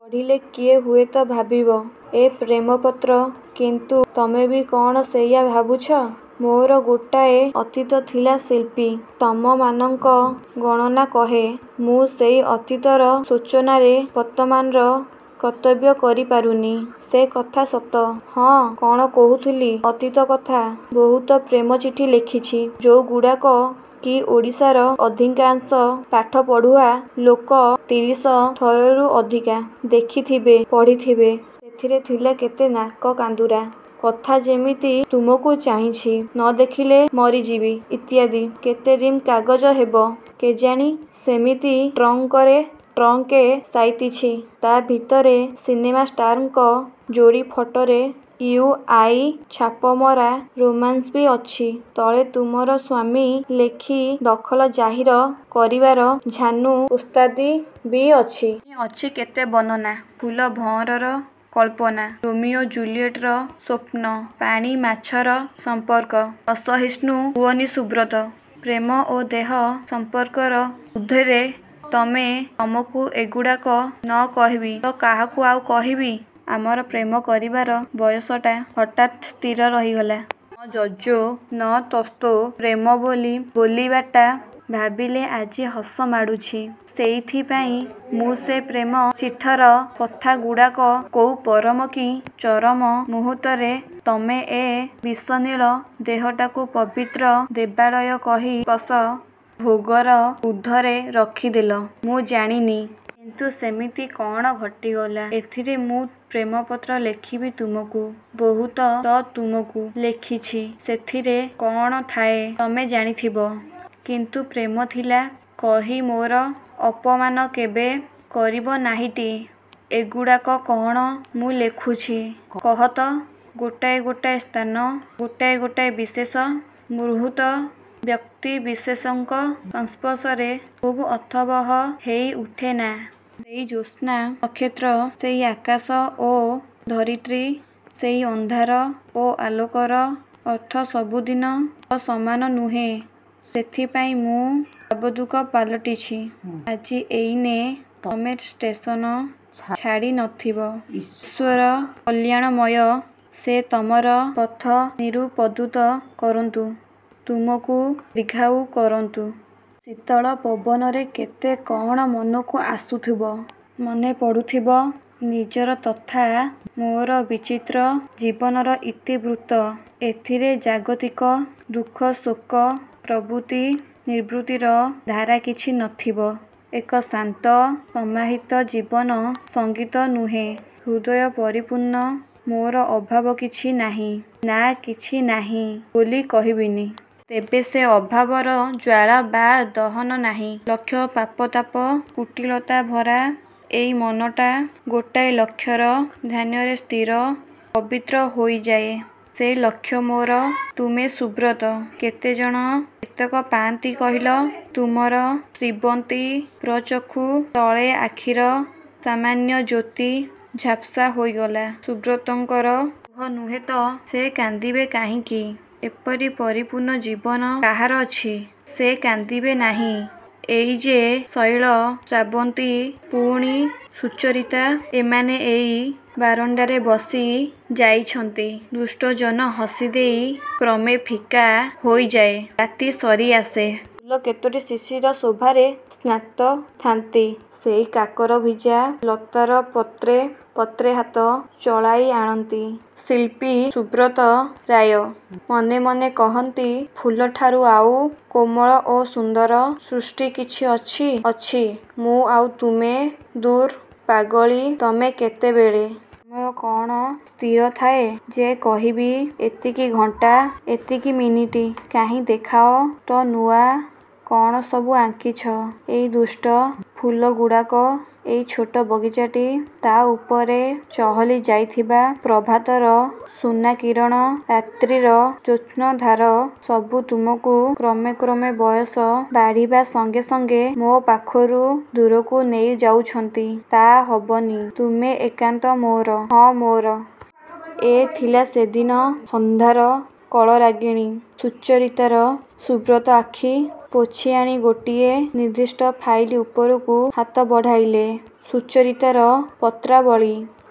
" ପଢ଼ିଲେ କିଏ ହୁଏତ ଭାବିବ ଏ ପ୍ରେମ-ପତ୍ର; କିନ୍ତୁ ତମେ ବି କ'ଣ ସେଇଆ ଭାବୁଛ? ମୋର ଗୋଟାଏ ଅତୀତ ଥିଲା ଶିଳ୍ପି! ତମମାନଙ୍କ ଗଣନା କହେ,। ମୁଁ ସେଇ ଅତୀତର ଶୋଚନାରେ ବର୍ତ୍ତମାନର କର୍ତ୍ତବ୍ୟ କରିପାରୁନି। ସେ କଥା ସତ। ହଁ, କ'ଣ କହୁଥିଲି ଅତୀତ କଥା-ବହୁତ ପ୍ରେମଚିଠି ଲେଖିଛି, ଯୋଉଗୁଡ଼ାକ କି ଓଡ଼ିଶାର ଅଧିକାଂଶ ପାଠପଢ଼ୁଆ ଲୋକ ତିରିଶ ଥରରୁ ଅଧିକା ଦେଖିଥିବେ, ପଢ଼ିଥିବେ। ସେଥିରେ ଥିଲା କେତେ ନାକକାନ୍ଦୁରା କଥା-ଯେମିତି- ତୁମକୁ ଚାହିଁଛି, ନ ଦେଖିଲେ ମରିଯିବି- ଇତ୍ୟାଦି। କେତେ ରିମ୍ କାଗଜ ହେବ କେଜାଣି-ସେମିତି ଟ୍ରଙ୍କରେ ଟ୍ରଙ୍କେ ସାଇତିଛି। ତା ଭିତରେ ସିନେମା ଷ୍ଟାରଙ୍କ ଯୋଡ଼ି ଫଟରେ 'ଇଉ', 'ଆଇ' ଛାପମରା ରୋମାନ୍ସ ବି ଅଛି। ତଳେ 'ତୁମର ସ୍ୱାମୀ' ଲେଖି ଦଖଲ ଜାହିର କରିବାର ଝାନୁ ଓସ୍ତାଦି ବି ଅଛି। ପୁଣି ଅଛି କେତେ ବର୍ଣ୍ଣନା, ଫୁଲ-ଭଅଁରର କଳ୍ପନା, ରୋମିଓ-ଜୁଲିଏଟର ସ୍ୱପ୍ନ-ପାଣି ମାଛର ସମ୍ପର୍କ। ଅସହିଷ୍ଣୁ ହୁଅନି ସୁବ୍ରତ! ପ୍ରେମ ଓ ଦେହ ସଂପର୍କର ଊର୍ଦ୍ଧ୍ଵେରେ ତମେ, ତମକୁ ଏଗୁଡ଼ାକ ନ କହିବି ତ କାହାକୁ ଆଉ କହିବି? ଆମର ପ୍ରେମ କରିବାର ବୟସଟା ହଠାତ୍ ସ୍ଥିର ରହିଗଲା। ନ ଯଯୌ ନ ତସ୍ଥୌ- ପ୍ରେମ ବୋଲି ବୋଲିବାଟା ଭାବିଲେ ଆଜି ହସ ମାଡ଼ୁଛି। ସେଇଥିପାଇଁ ମୁଁ ସେ ପ୍ରେମ-ଚିଠର କଥାଗୁଡ଼ାକ ରୋମନ୍ଥନ କରୁଛି। କୋଉ ପରମକି ଚରମ ମୁହୂର୍ତ୍ତରେ ତମେ ଏ ବିଷନୀଳ, ଦେହଟାକୁ ପବିତ୍ର ଦେବାଳୟ କହି ସ୍ପର୍ଶ, ଭୋଗର ଊର୍ଦ୍ଧ୍ୱରେ ରଖିଦେଲ ମୁଁ ଜାଣିନି। କିନ୍ତୁ ସେମିତି କଅଣ ଘଟିଗଲା। ଏଥିରେ ମୁଁ ପ୍ରେମପତ୍ର ଲେଖିବି ତୁମକୁ? ବହୁତ ତ ତୁମକୁ ଲେଖିଛି-ସେଥିରେ କଅଣ ଥାଏ ତମେ ଜାଣିଥିବ; କିନ୍ତୁ ପ୍ରେମ ଥିଲା କହି ମୋର ଅପମାନ କେବେ କରିବନାହିଁଟି? ଏଗୁଡ଼ାକ କଅଣ ମୁଁ ଲେଖୁଛି କହତ? ଗୋଟାଏ ଗୋଟାଏ ସ୍ଥାନ, ଗୋଟାଏ ଗୋଟାଏ ବିଶେଷ ମୁହୂର୍ତ୍ତ, ବ୍ୟକ୍ତିବିଶେଷଙ୍କ ସଂସ୍ପର୍ଶରେ ଖୁବ୍ ଅର୍ଥବହ ହେଇଉଠେ-ନା? ସେଇ ଜ୍ୟୋତ୍ସ୍ନା, ନକ୍ଷତ୍ର, ସେଇ ଆକାଶ ଓ ଧରିତ୍ରୀ, ସେଇ ଅନ୍ଧାର ଓ ଆଲୋକର ଅର୍ଥ ସବୁଦିନ ତ ସମାନ ନୁହେଁ। ସେଥିପାଇଁ ମୁଁ ବାବଦୂକ ପାଲଟିଛି। ଆଜି ଏଇନେ ତମେ ଷ୍ଟେସନ ଛାଡ଼ିନଥିବ। ଈଶ୍ୱର କଲ୍ୟାଣମୟ। ସେ ତମର ପଥ ନିରୁପଦୁତ କରନ୍ତୁ। ତୁମକୁ ଦୀର୍ଘାୟୁ କରନ୍ତୁ। ଶୀତଳ ପବନରେ କେତେ କଅଣ ମନକୁ ଆସୁଥିବ-। ମନେ ପଡ଼ୁଥିବ ନିଜର ତଥା ମୋର ବିଚିତ୍ର ଜୀବନର ଇତିବୃତ୍ତ। ଏଥିରେ ଜାଗତିକ ଦୁଃଖ ଶୋକ ପ୍ରବୃତ୍ତି ନିବୃତ୍ତିର ଧାରା କିଛି ନଥିବ। ଏକ ଶାନ୍ତ ସମାହିତ ଜୀବନ-ସଙ୍ଗୀତ ନୁହେଁ? ହୃଦୟ ପରିପୂର୍ଣ୍ଣ। ମୋର ଅଭାବ କିଛି ନାହିଁ-ନା, କିଛି ନାହିଁ ବୋଲି କହିବିନି। ତେବେ ସେ ଅଭାବର ଜ୍ଵାଳା ବା ଦହନ ନାହିଁ। ଲକ୍ଷ୍ୟ ପାପ ତାପ, କୁଟିଳତାଭରା ଏଇ ମନଟା ଗୋଟାଏ ଲକ୍ଷ୍ୟର ଧ୍ୟାନରେ ସ୍ଥିର, ପବିତ୍ର ହୋଇଯାଏ। ସେ ଲକ୍ଷ୍ୟ ମୋର ତୁମେ ସୁବ୍ରତ! କେତେଜଣ ଏତକ ପାଆନ୍ତି କହିଲ? ତୁମର ଶ୍ରୀବନ୍ତୀ ପ୍ରଚକ୍ଷୁ ତଳେ ଆଖିର ସାମାନ୍ୟ ଜ୍ୟୋତି ଝାପସା ହୋଇଗଲା ସୁବ୍ରତଙ୍କର। ଲୁହ ନୁହେଁ ତ? ସେ କାନ୍ଦିବେ କାହିଁକି? ଏପରି ପରିପୂର୍ଣ୍ଣ ଜୀବନ କାହାର ଅଛି? ସେ କାନ୍ଦିବେ ନାହିଁ। ଏଇ ଯେ ଶୈଳ, ଶ୍ରାବନ୍ତୀ, ପୁଣି ସୁଚରିତା- ଏମାନେ ଏଇ ବାରଣ୍ଡାରେ ବସି ଯାଇଛନ୍ତି। ଦୁଷ୍ଟ ଜହ୍ନ ହସିଦେଇ କ୍ରମେ ଫିକା ହୋଇଯାଏ। ରାତି ସରିଆସେ। ଫୁଲ କେତୋଟି ଶିଶିର ଶୋଭାରେ ସ୍ନାତ ଥାନ୍ତି। ସେଇ କାକରଭିଜା ଲତାର ପତ୍ରେ ପତ୍ରେ ହାତ ଚଳାଇ ଆଣନ୍ତି ଶିଳ୍ପୀ ସୁବ୍ରତ ରାୟ। ମନେ ମନେ କହନ୍ତି-ଫୁଲଠାରୁ ଆଉ କୋମଳ ଓ ସୁନ୍ଦର ସୃଷ୍ଟି କିଛି ଅଛି? -'ଅଛି, ମୁଁ ଆଉ ତୁମେ- '-ଦୂର୍ ପାଗଳୀ, ତମେ କେତେବେଳେ? '-ସମୟ କଅଣ ସ୍ଥିର ଥାଏ ଯେ କହିବି ଏତିକି ଘଣ୍ଟା ଏତିକି ମିନିଟ୍, କାହିଁ ଦେଖାଅ ତ ନୂଆ କଅଣ ସବୁ ଆଙ୍କିଛ? ଏଇ ଦୁଷ୍ଟ ଫୁଲଗୁଡ଼ାକ, ଏଇ ଛୋଟ ବଗିଚାଟି, ତା ଉପରେ ଚହଲି ଯାଇଥିବା ପ୍ରଭାତର ସୁନା କିରଣ, ରାତ୍ରିର ଜ୍ୟୋତ୍ସ୍ନଧାର, ସବୁ ତୁମକୁ କ୍ରମେ କ୍ରମେ ବୟସ ବାଢ଼ିବା ସଙ୍ଗେ ସଙ୍ଗେ ମୋ ପାଖରୁ ଦୂରକୁ ନେଇଯାଉଛନ୍ତି- ତା' ହବନି- ତୁମେ ଏକାନ୍ତ ମୋର-ହଁ ମୋର-। ଏ ଥିଲା ସେଦିନ ସଂଧ୍ୟାର କଳରାଗିଣୀ ସୁଚରିତାର। ସୁବ୍ରତ ଆଖି ପୋଛିଆଣି ଗୋଟିଏ ନିର୍ଦ୍ଦିଷ୍ଟ ଫାଇଲ୍ ଉପରକୁ ହାତ ବଢ଼ାଇଲେ। ସୁଚରିତାର ପତ୍ରାବଳୀ।